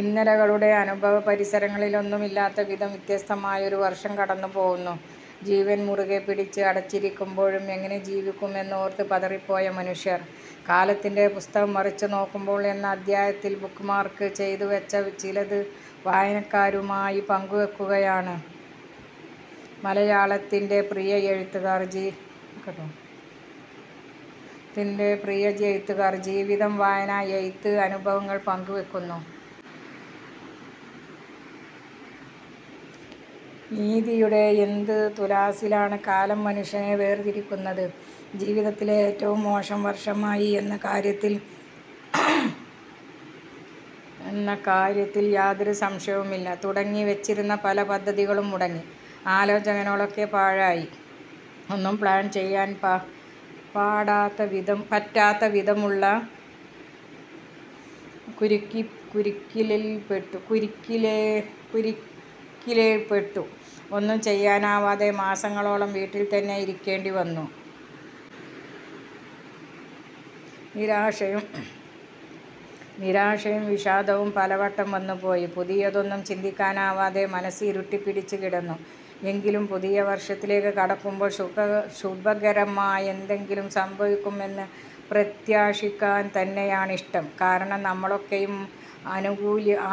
ഇന്നലെകളുടെ അനുഭവപരിസരങ്ങളിലൊന്നുമില്ലാത്ത വിധം വ്യത്യസ്തമായ ഒരു വർഷം കടന്നുപോകുന്നു. ജീവൻ മുറുകെ പിടിച്ച് അടച്ചിരിക്കുമ്പോഴും എങ്ങനെ ജീവിക്കുമെന്നോർത്ത് പതറിപ്പോയ മനുഷ്യർ. കാലത്തിന്റെ പുസ്തകം മറിച്ചുനോക്കുമ്പോൾ എന്ന അധ്യായത്തിൽ ' ബുക്മാർക്ക് ' ചെയ്തു വച്ച ചിലത് വായനക്കാരുമായി പങ്കുവയ്ക്കുകയാണ് മലയാളത്തിന്റെ പ്രിയ എഴുത്തുകാർ. ജീവിതം, വായന, എഴുത്ത് അനുഭവങ്ങൾ പങ്കുവയ്ക്കുന്നു. നീതിയുടെ എന്ത് തുലാസിലാണ്, കാലം മനുഷ്യനെ വേർതിരിക്കുന്നത്? ജീവിതത്തിലെ ഏറ്റവും മോശം വർഷമായി എന്ന കാര്യത്തിൽ യാതൊരു സംശയവുമില്ല. തുടങ്ങിവച്ചിരുന്ന പല പദ്ധതികളും മുടങ്ങി. ആലോചനകളൊക്കെ പാഴായി. ഒന്നും പ്ലാൻ ചെയ്യാൻ പറ്റാത്തവിധമുള്ള കുരുക്കില്പെട്ടു. ഒന്നും ചെയ്യാനാവാതെ മാസങ്ങളോളം വീട്ടിൽ തന്നെ ഇരിക്കേണ്ടി വന്നു. നിരാശയും വിഷാദവും പലവട്ടം വന്നുപോയി. പുതിയതൊന്നും ചിന്തിക്കാനാവാതെ മനസ്സ് ഇരുട്ടുപിടിച്ചുകിടന്നു. എങ്കിലും പുതിയ വർഷത്തിലേക്കു കടക്കുമ്പോൾ ശുഭകരമായതെന്തെങ്കിലും സംഭവിക്കും എന്നു പ്രത്യാശിക്കാൻ തന്നെയാണിഷ്ടം. കാരണം നമ്മളൊക്കെയും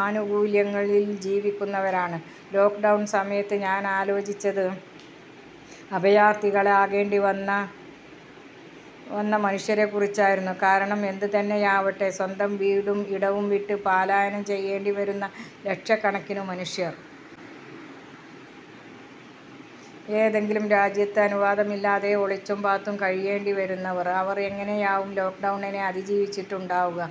ആനുകൂല്യങ്ങളിൽ ജീവിക്കുന്നവരാണ്. ലോക്ഡൗണ് സമയത്ത്, ഞാനാലോചിച്ചത് അഭയാർത്തികളാകേണ്ടി വന്ന മനുഷ്യരെക്കുറിച്ചായിരുന്നു. കാരണം എന്തുതന്നെയാവട്ടെ, സ്വന്തം വീടും ഇടവും വിട്ട് പലായനം ചെയ്യേണ്ടിവരുന്ന ലക്ഷക്കണക്കിനു മനുഷ്യർ. ഏതെങ്കിലും രാജ്യത്ത് അനുവാദമില്ലാതെ, ഒളിച്ചും പാത്തും കഴിയേണ്ടിവരുന്നവർ. അവർ എങ്ങനെയാവും ലോക്ഡൗണിനെ അതിജീവിച്ചിട്ടുണ്ടാവുക?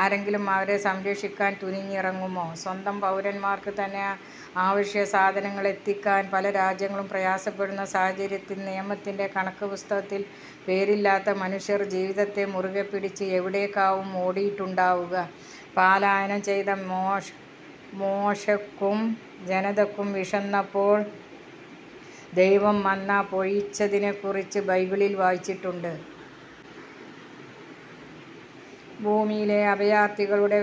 ആരെങ്കിലും അവരെ സംരക്ഷിക്കാൻ തുനിഞ്ഞിറങ്ങുമോ? സ്വന്തം പൗരന്മാർക്കു തന്നെ അവശ്യസാധനങ്ങളെത്തിക്കാൻ പല രാജ്യങ്ങളും പ്രയാസപ്പെടുന്ന സാഹചര്യത്തിൽ, നിയമത്തിന്റെ കണക്കുപുസ്തകത്തിൽ പേരില്ലാത്ത മനുഷ്യർ ജീവിതത്തെ മുറുകെപ്പിടിച്ച് എവിടേക്കാവും ഓടിയിട്ടുണ്ടാവുക? പലായനം ചെയ്ത മോശയ്ക്കും ജനതയ്ക്കും വിശന്നപ്പോൾ ദൈവം മന്നാ പൊഴിച്ചതിനെക്കുറിച്ച് ബൈബിളിൽ വായിച്ചിട്ടുണ്ട്. ഭൂമിയിലെ അഭയാർഥികളുടെ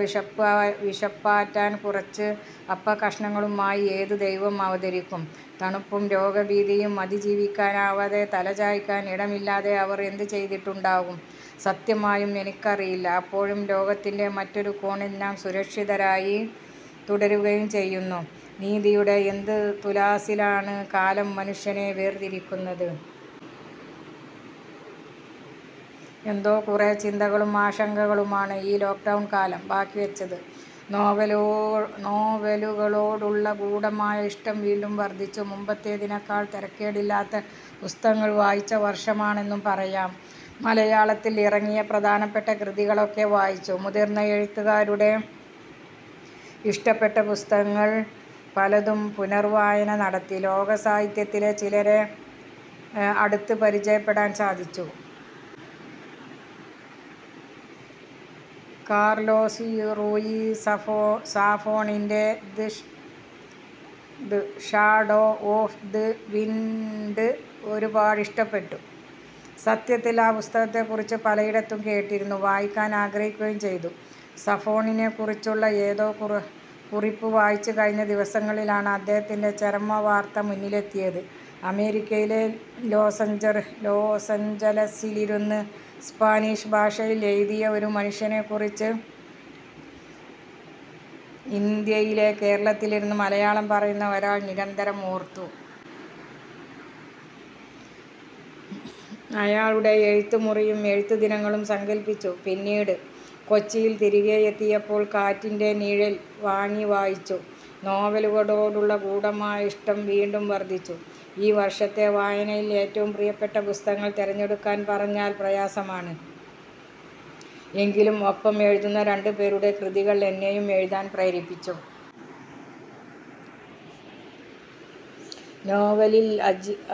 വിശപ്പാറ്റാൻ കുറച്ച് അപ്പക്കഷണങ്ങളുമായി ഏതു ദൈവം അവതരിക്കും? തണുപ്പും രോഗഭീതിയും അതിജീവിക്കാനാവാതെ, തലചായ്ക്കാൻ ഇടമില്ലാതെ അവർ എന്തു ചെയ്തിട്ടുണ്ടാകും? സത്യമായും എനിക്കറിയില്ല. അപ്പോഴും ലോകത്തിന്റെ മറ്റൊരു കോണിൽ നാം സുരക്ഷിതരായി തുടരുകയും ചെയ്യുന്നു. നീതിയുടെ എന്ത് തുലാസിലാണ് കാലം മനുഷ്യനെ വേർതിരിക്കുന്നത്? എന്തോ, കുറേ ചിന്തകളും ആശങ്കകളുമാണ് ഈ ലോക്ഡൗൺ കാലം ബാക്കിവച്ചത്. നോവലുകളോടുള്ള ഗൂഢമായ ഇഷ്ടം വീണ്ടും വർധിച്ചു മുമ്പത്തേതിനേക്കാൾ തരക്കേടില്ലാതെ പുസ്തകങ്ങൾ വായിച്ച വർഷമാണെന്നു പറയാം. മലയാളത്തിൽ ഇറങ്ങിയ പ്രധാനപ്പെട്ട കൃതികളൊക്കെ വായിച്ചു. മുതിർന്ന എഴുത്തുകാരുടെ, ഇഷ്ടപ്പെട്ട പുസ്തകങ്ങൾ പലതും പുനർവായന നടത്തി. ലോക സാഹിത്യത്തിലെ ചിലരെ അടുത്തു പരിചയപ്പെടാൻ സാധിച്ചു. കാർലോസ് റൂയി സാഫോണിന്റെ the shadow of the wind ഒരുപാടിഷ്ടപ്പെട്ടു. സത്യത്തിൽ ആ പുസ്തകത്തെക്കുറിച്ച് പലയിടത്തും കേട്ടിരുന്നു. വായിക്കാൻ ആഗ്രഹിക്കുകയും ചെയ്തു. സാഫോണിനെക്കുറിച്ചുള്ള ഏതോ കുറിപ്പ് വായിച്ചു കഴിഞ്ഞ ദിവസങ്ങളിലാണ്, അദ്ദേഹത്തിന്റെ ചരമവാർത്ത മുന്നിലെത്തിയത്. അമേരിക്കയിലെ ലൊസാഞ്ചലസിലിരുന്ന് സ്പാനിഷ് ഭാഷയിൽ എഴുതിയെ ഒരു മനുഷ്യനെക്കുറിച്ച്, ഇന്ത്യയിലെ കേരളത്തിലിരുന്ന് മലയാളം പറയുന്ന ഒരാൾ നിരന്തരം ഓർത്തു. അയാളുടെ എഴുത്തുമുറിയും എഴുത്തുദിനങ്ങളും സങ്കല്പിച്ചു. പിന്നീട്, കൊച്ചിയിൽ തിരികെയെത്തിയപ്പോൾ ' കാറ്റിന്റെ നിഴൽ ' വാങ്ങി, വായിച്ചു. നോവലുകളോടുള്ള ഗൂഢമായ ഇഷ്ടം വീണ്ടും വർധിച്ചു. ഈ വർഷത്തെ വായനയിൽ ഏറ്റവും പ്രിയപ്പെട്ട പുസ്തകങ്ങൾ തിരഞ്ഞെടുക്കാൻ പറഞ്ഞാൽ പ്രയാസമാണ്. എങ്കിലും ഒപ്പം എഴുതുന്ന രണ്ടുപേരുടെ കൃതികൾ എന്നെയും എഴുതാൻ പ്രേരിപ്പിച്ചു. നോവലിൽ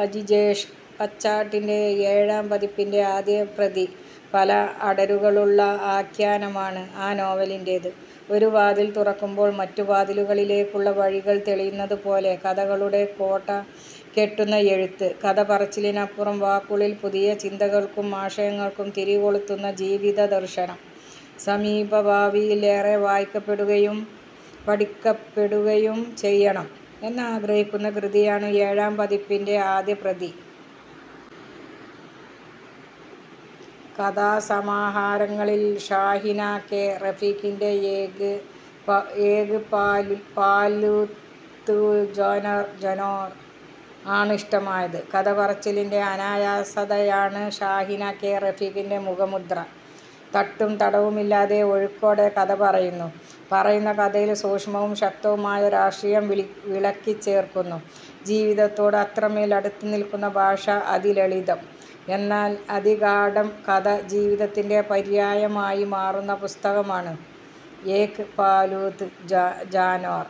അജിജേഷ് പച്ചാട്ടിന്റെ ഏഴാം പതിപ്പിന്റെ ആദ്യപ്രതി. പല അടരുകളുള്ള ആഖ്യാനമാണ് ആ നോവലിന്റേത്. ഒരു വാതിൽ തുറക്കുമ്പോൾ മറ്റു വാതിലുകളിലേക്കുള്ള വഴികൾ തെളിയുന്നതുപോലെ, കഥകളുടെ കോട്ട കെട്ടുന്ന എഴുത്ത്. കഥപറച്ചിലിനപ്പുറം വാക്കുകളിൽ പുതിയ ചിന്തകൾക്കും ആശയങ്ങൾക്കും തിരികൊളുത്തുന്ന ജീവിതദർശനം. സമീപഭാവിയിൽ ഏറെ വായിക്കപ്പെടുകയും പഠിക്കപ്പെടുകയും ചെയ്യണം എന്നാഗ്രഹിക്കുന്ന കൃതിയാണ് ഏഴാം പതിപ്പിന്റെ ആദ്യപ്രതി. കഥാസമാഹാരങ്ങളിൽ ഷാഹിന കെ. റഫീഖിന്റെ ഏക് പാല്തൂ ജാന്വർ ആണ് ഇഷ്ടമായത്. കഥപറച്ചിലിന്റെ അനായാസതയാണ് ഷാഹിന കെ. റഫീഖിന്റെ മുഖമുദ്ര. തട്ടും തടവുമില്ലാതെ, ഒഴുക്കോടെ കഥപറയുന്നു. പറയുന്ന കഥയിൽ സൂക്ഷ്മവും ശക്തവുമായ രാഷ്ട്രീയം വിളക്കിച്ചേർക്കുന്നു. ജീവിതത്തോട് അത്രമേൽ അടുത്തുനിൽക്കുന്ന ഭാഷ. അതിലളിതം, എന്നാൽ അതിഗാഢം. കഥ ജീവിതത്തിന്റെ പര്യായമായി മാറുന്ന പുസ്തകമാണ് ഏക് പാല്തൂ ജാന്വർ.